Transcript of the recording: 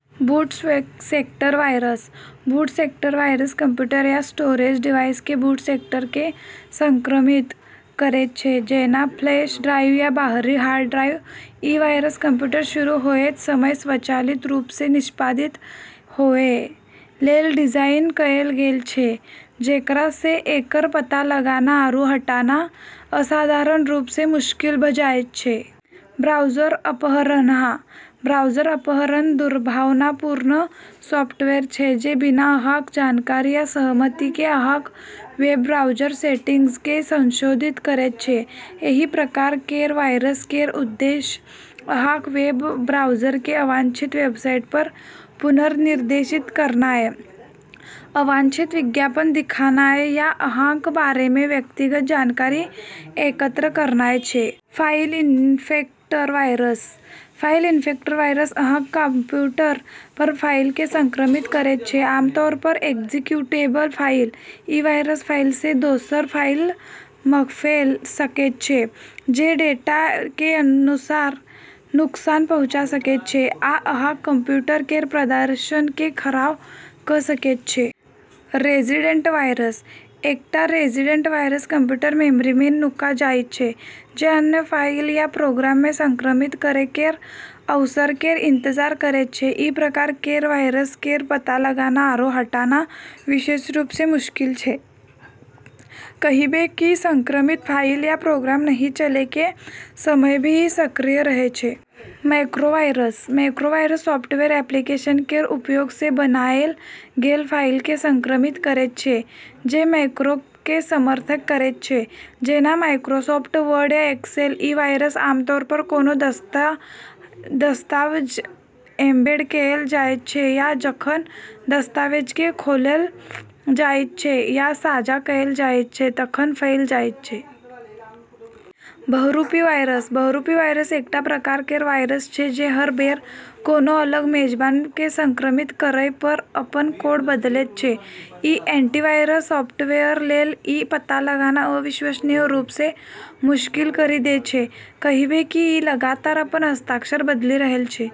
बूट sector virus: boot sector virus computer या storage device के boot sector केँ संक्रमित करैत छै, जेना फ्लैश ड्राइव या बाहरी हार्ड ड्राइव। ई वायरस कंप्यूटर शुरू होएत समय स्वचालित रूप सँ निष्पादित होए लेल डिजाइन कएल गेल छै, जेकरा सँ एकर पता लगाना आरू हटाना असाधारण रूप सँ मुश्किल भ' जाइत छै। ब्राउज़र अपहरण: ब्राउज़र अपहरण दुर्भावनापूर्ण सॉफ्टवेयर छै जे बिना अहाँक जानकारी या सहमति केँ अहाँक वेब ब्राउज़र सेटिंग्स केँ संशोधित करैत छै। एहि प्रकार केर वायरस केर उद्देश्य अहाँक वेब ब्राउज़र केँ अवांछित वेबसाइट सभ पर पुनर्निर्देशित करनाय, अवांछित विज्ञापन दिखानाय, या अहाँक बारे मे व्यक्तिगत जानकारी एकत्र कयनाय छै। File infector virus: file infector virus अहाँक कंप्यूटर पर फाइल केँ संक्रमित करैत छै, आमतौर पर एक्जीक्यूटेबल फाइल। ई वायरस फाइल सँ दोसर फाइल मे फैल सकैत छै, जे डेटा केँ नुकसान पहुँचा सकैत छै आ अहाँक कंप्यूटर केर प्रदर्शन केँ खराब कऽ सकैत छै। रेजिडेंट वायरस: एकटा रेजिडेंट वायरस कंप्यूटर मेमोरी मे नुका जाइत छै, जे अन्य फाइल या प्रोग्राम केँ संक्रमित करै केर अवसर केर इंतजार करैत छै। ई प्रकार केर वायरस केर पता लगाना आरू हटाना विशेष रूप सँ मुश्किल छै, कहिबे कि संक्रमित फाइल या प्रोग्राम नहि चलै के समय भी ई सक्रिय रहै छै। Macro virus: macro virus software application केर उपयोग सँ बनाएल गेल फाइल केँ संक्रमित करैत छै जे मैक्रो केँ समर्थन करैत छै, जेना माइक्रोसॉफ्ट वर्ड या एक्सेल। ई वायरस आमतौर पर कोनो दस्तावेज मे एम्बेड कएल जाइत छै आ जखन दस्तावेज केँ खोलल जाइत छै या साझा कएल जाइत छै तखन फैल जाइत छै। बहुरूपी वायरस: बहुरूपी वायरस एकटा प्रकार केर वायरस छै जे हर बेर कोनो अलग मेजबान केँ संक्रमित करय पर अपन कोड बदलैत छै। ई एंटीवायरस सॉफ्टवेयर लेल ई पता लगाना अविश्वसनीय रूप सँ मुश्किल करि दै छै, कहिबे कि ई लगातार अपन हस्ताक्षर बदलि रहल छै।